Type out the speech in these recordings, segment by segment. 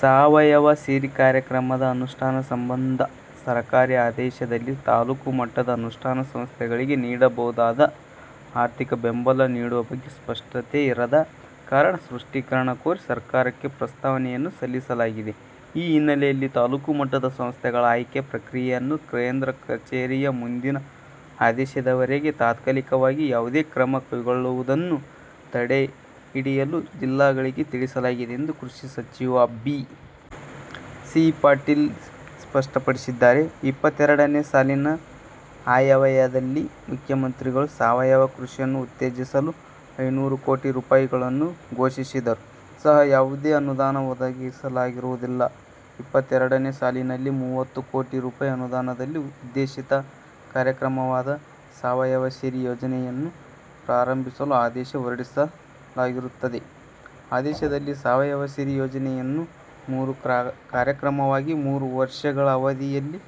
ಸಾವಯವ ಸಿರಿ ಕಾರ್ಯಕ್ರಮದ ಅನುಷ್ಠಾನ ಸಂಬಂಧ ಸರ್ಕಾರಿ ಆದೇಶದಲ್ಲಿ ತಾಲೂಕು ಮಟ್ಟದ ಅನುಷ್ಠಾನ ಸಂಸ್ಥೆಗಳಿಗೆ ನೀಡಬಹುದಾದ, ಆರ್ಥಿಕ ಬೆಂಬಲ ನೀಡುವ ಬಗ್ಗೆ ಸ್ಪಷ್ಟತೆ ಇರದ ಕಾರಣ ಸೃಷ್ಟೀಕರಣ ಕೋರಿ ಸರ್ಕಾರಕ್ಕೆ ಪುಸ್ತಾವನೆಯನ್ನು ಸಲ್ಲಿಸಲಾಗಿದೆ. ಈ ಹಿನ್ನೆಲೆಯಲ್ಲಿ ತಾಲ್ಲೂಕು ಮಟ್ಟದ ಸಂಸ್ಥೆಗಳ ಆಯ್ಕೆ ಪ್ರಕ್ರಿಯೆಯನ್ನು ಕೇಂದ್ರ ಕಚೇರಿಯ ಮುಂದಿನ ಆದೇಶದವರೆಗೆ ತಾತ್ಕಾಲಿಕವಾಗಿ ಯಾವುದೇ ಕ್ರಮ ಕೈಗೊಳ್ಳುವುದನ್ನು ತಡೆಹಿಡಿಯಲು ಜಿಲ್ಲೆಗಳಿಗೆ ತಿಳಿಸಲಾಗಿದೆ ಎಂದು ಕೃಷಿ ಸಚಿವ ಬಿ. ಸಿ. ಪಾಟೀಲ್ ಸ್ಪಷ್ಟಪಡಿಸಿದ್ದಾರೆ. ಇಪ್ಪತ್ತೆರಡನೆ ಸಾಲಿನ ಆಯವ್ಯಯದಲ್ಲಿ ಮುಖ್ಯಮಂತ್ರಿಗಳು ಸಾವಯವ ಕೃಷಿಯನ್ನು ಉತ್ತೇಜಿಸಲು ಐನೂರು ಕೋಟಿ ರೂಪಾಯಿಗಳನ್ನು ಘೋಷಿಸಿದರೂ ಸಹ ಯಾವುದೇ ಅನುದಾನ ಒದಗಿಸಲಾಗಿರುವುದಿಲ್ಲ. ಇಪ್ಪತ್ತೆರಡನೆ ಸಾಲಿನಲ್ಲಿ ಮೂವತ್ತು ಕೋಟಿ ರುಪಾಯಿ ಅನುದಾನದಲ್ಲಿ ಉದ್ದೇಶಿತ ಕಾರ್ಯಕ್ರಮವಾದ 'ಸಾವಯವ ಸಿರಿ' ಯೋಜನೆಯನ್ನು ಪ್ರಾರಂಭಿಸಲು ಆದೇಶ ಹೊರಡಿಸಲಾಗಿರುತ್ತದೆ. ಆದೇಶದಲ್ಲಿ 'ಸಾವಯವ ಸಿರಿ' ಯೋಜನೆಯನ್ನು ಮೂರು ಕಾರ್ಯಕ್ರಮವಾಗಿ ಮೂರು ವರ್ಷಗಳ ಅವಧಿಯಲ್ಲಿ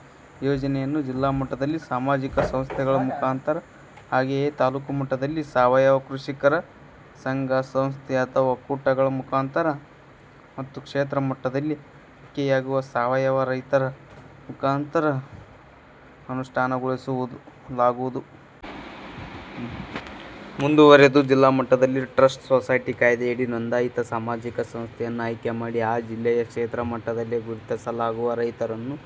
ಯೋಜನೆಯನ್ನು ಜಿಲ್ಲಾ ಮಟ್ಟದಲ್ಲಿ ಸಾಮಾಜಿಕ ಸಂಸ್ಥೆಗಳ ಮುಖಾಂತರ ಹಾಗೆಯೇ ತಾಲೂಕು ಮಟ್ಟದಲ್ಲಿ ಸಾವಯವ ಕೃಷಿಕರ ಸಂಘ ಸಂಸ್ಥೆ ಅಥವಾ ಒಕ್ಕೂಟಗಳ ಮುಖಾಂತರ ಮತ್ತು ಕ್ಷೇತ್ರ ಮಟ್ಟದಲ್ಲಿ ಆಯ್ಕೆಯಾಗುವ ಸಾವಯವ ರೈತರ ಮುಖಾಂತರ ಅನುಷ್ಠಾನಗೊಳಿಸಲಾಗುವುದು. ಮುಂದುವರೆದು, ಜಿಲ್ಲಾಮಟ್ಟದಲ್ಲಿ ಟ್ರಸ್ಟ್ ಸೊಸೈಟಿ ಕಾಯ್ದೆಯಡಿ ನೊಂದಾಯಿತ ಸಾಮಾಜಿಕ ಸಂಸ್ಥೆಯನ್ನು ಆಯ್ಕೆಮಾಡಿ ಆ ಜಿಲ್ಲೆಯ ಕ್ಷೇತ್ರ ಮಟ್ಟದಲ್ಲಿ ಗುರುತಿಸಲಾಗುವ ರೈತರನ್ನು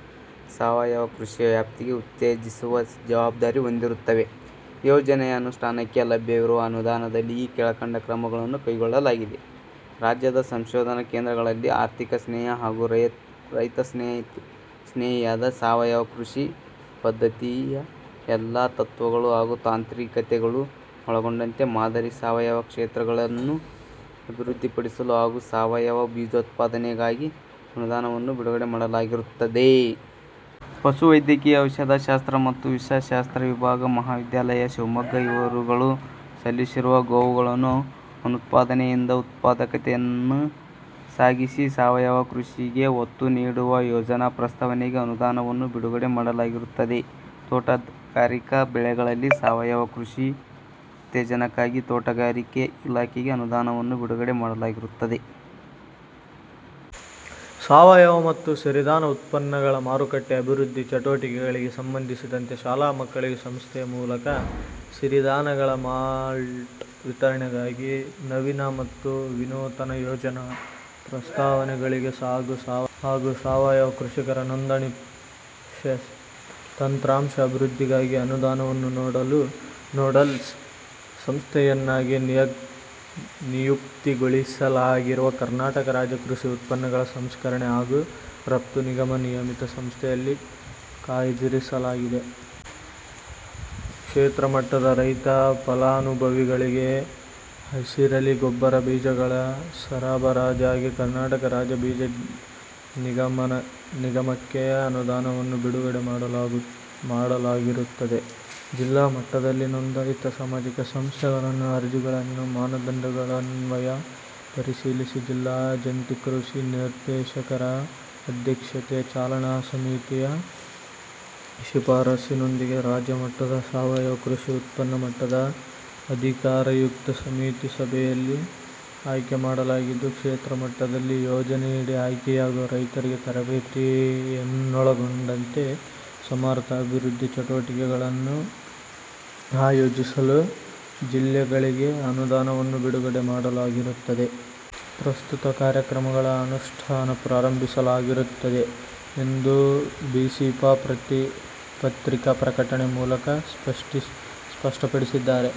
ಸಾವಯವ ಕೃಷಿಯ ವ್ಯಾಪ್ತಿಗೆ ಉತ್ತೇಜಿಸುವ ಜವಾಬ್ದಾರಿ ಹೊಂದಿರುತ್ತವೆ. ಯೋಜನೆಯ ಅನುಷ್ಠಾನಕ್ಕೆ ಲಭ್ಯವಿರುವ ಅನುದಾನದಲ್ಲಿ ಈ ಕೆಳಕಂಡ ಕ್ರಮಗಳನ್ನು ಕೈಗೊಳ್ಳಲಾಗಿದೆ. ರಾಜ್ಯದ ಸಂಶೋಧನ ಕೇಂದ್ರಗಳಲ್ಲಿ ಆರ್ಥಿಕ ಸ್ನೇಹ ಹಾಗೂ ರೈತ ಸ್ನೇಹಿಯಾದ ಸಾವಯವ ಕೃಷಿ ಪದ್ಧತಿಯ ಎಲ್ಲಾ ತತ್ವಗಳು ಹಾಗೂ ತಾಂತ್ರಿಕತೆಗಳು ಒಳಗೊಂಡಂತೆ, ಮಾದರಿ ಸಾವಯವ ಕ್ಷೇತ್ರ ಗಳನ್ನು ಅಭಿವೃದ್ಧಿ ಪಡಿಸಲು ಹಾಗೂ ಸಾವಯವ ಬೀಜೋತ್ಪಾದನೆಗಾಗಿ ಅನುದಾನವನ್ನು ಬಿಡುಗಡೆ ಮಾಡಲಾಗಿರುತ್ತದೆ. ಪಶುವೈದ್ಯಕೀಯ ಔಷಧ ಶಾಸ್ತ್ರ ಮತ್ತು ವಿಷ ಶಾಸ್ತ್ರ ವಿಭಾಗ ಮಹಾವಿದ್ಯಾಲಯ, ಶಿವಮೊಗ್ಗ ಇವರುಗಳು ಸಲ್ಲಿಸಿರುವ ಗೋವುಗಳನ್ನು ಅನುತ್ಪಾದನೆಯಿಂದ ಉತ್ಪಾದಕತೆಯತ್ತ ಸಾಗಿಸಿ ಸಾವಯವ ಕೃಷಿಗೆ ಒತ್ತು ನೀಡುವ ಯೋಜನಾ ಪ್ರಸ್ತಾವನೆಗೆ ಅನುದಾನವನ್ನು ಬಿಡುಗಡೆ ಮಾಡಲಾಗಿರುತ್ತದೆ. ತೋಟಗಾರಿಕಾ ಬೆಳೆಗಳಲ್ಲಿ ಸಾವಯವ ಕೃಷಿ ಉತ್ತೇಜನಕ್ಕಾಗಿ ತೋಟಗಾರಿಕೆ ಇಲಾಖೆಗೆ ಅನುದಾನವನ್ನು ಬಿಡುಗಡೆ ಮಾಡಲಾಗಿರುತ್ತದೆ. ಸಾವಯವ ಮತ್ತು ಸಿರಿಧಾನ ಉತ್ಪನ್ನಗಳ ಮಾರುಕಟ್ಟೆ ಅಭಿವೃದ್ಧಿ ಚಟುವಟಿಕೆಗಳಿಗೆ ಸಂಬಂಧಿಸಿದಂತೆ, ಶಾಲಾ ಮಕ್ಕಳಿಗೆ ಸಂಸ್ಥೆಯ ಮೂಲಕ ಸಿರಿಧಾನಗಳ ಮಾಲ್ಟ್ ವಿತರಣೆಗಾಗಿ, ನವೀನ ಮತ್ತು ವಿನೂತನ ಯೋಜನಾ ಪ್ರಸ್ತಾವನೆಗಳಿಗೆ ಹಾಗೂ ಸಾವಯವ ಕೃಷಿಕರ ನೋಂದಣಿ ತಂತ್ರಾಂಶ ಅಭಿವೃದ್ಧಿಗಾಗಿ ಅನುದಾನವನ್ನು ನೋಡಲ್ ಸಂಸ್ಥೆಯನ್ನಾಗಿ ನಿಯುಕ್ತಿಗೊಳಿಸಲಾಗಿರುವ ಕರ್ನಾಟಕ ರಾಜ್ಯ ಕೃಷಿ ಉತ್ಪನ್ನಗಳ ಸಂಸ್ಕರಣೆ ಹಾಗೂ ರಫ್ತು ನಿಗಮ ನಿಯಮಿತ ಸಂಸ್ಥೆಯಲ್ಲಿ ಕಾಯ್ದಿರಿಸಲಾಗಿದೆ. ಕ್ಷೇತ್ರ ಮಟ್ಟದ ರೈತ ಫಲಾನುಭವಿಗಳಿಗೆ ಹಸಿರಲೆ ಗೊಬ್ಬರ ಬೀಜಗಳ ಸರಬರಾಜಿಗಾಗಿ ಕರ್ನಾಟಕ ರಾಜ್ಯ ಬೀಜ ನಿಗಮಕ್ಕೆ ಅನುದಾನವನ್ನು ಬಿಡುಗಡೆ ಮಾಡಲಾಗಿರುತ್ತದೆ. ಜಿಲ್ಲಾ ಮಟ್ಟದಲ್ಲಿ ನೋಂದಾಯಿತ ಸಾಮಾಜಿಕ ಸಂಸ್ಥೆಗಳನ್ನು ಅರ್ಜಿಗಳನ್ನು ಮಾನದಂಡಗಳನ್ವಯ ಪರಿಶೀಲಿಸಿ ಜಿಲ್ಲಾ ಜಂಟಿ ಕೃಷಿ ನಿರ್ದೇಶಕರ ಅಧ್ಯಕ್ಷತೆಯ ಚಾಲನಾ ಸಮಿತಿಯ ಶಿಫಾರಸಿನೊಂದಿಗೆ ರಾಜ್ಯ ಮಟ್ಟದ ಸಾವಯವ ಕೃಷಿ ಉನ್ನತ ಮಟ್ಟದ ಅಧಿಕಾರಯುಕ್ತ ಸಮಿತಿ ಸಭೆಯಲ್ಲಿ ಆಯ್ಕೆ ಮಾಡಲಾಗಿದ್ದು, ಕ್ಷೇತ್ರಮಟ್ಟದಲ್ಲಿ ಯೋಜನೆಯಡಿ ಆಯ್ಕೆಯಾಗುವ ರೈತರಿಗೆ ತರಬೇತಿಯನ್ನೊಳಗೊಂಡಂತೆ ಸಾಮಾರ್ಥಾಭಿವೃದ್ಧಿ ಚಟುವಟಿಕೆಗಳನ್ನು ಆಯೋಜಿಸಲು ಜಿಲ್ಲೆಗಳಿಗೆ ಅನುದಾನವನ್ನು ಬಿಡುಗಡೆ ಮಾಡಲಾಗಿರುತ್ತದೆ. ಪ್ರಸ್ತುತ ಕಾರ್ಯಕ್ರಮಗಳ ಅನುಷ್ಠಾನ ಪ್ರಾರಂಭಿಸಲಾಗಿರುತ್ತದೆ ಎಂದು ಬಿಸಿಪಾ ಪತ್ರಿಕಾ ಪ್ರಕಟಣೆ ಮೂಲಕ ಸ್ಪಷ್ಟಪಡಿಸಿದ್ದಾರೆ.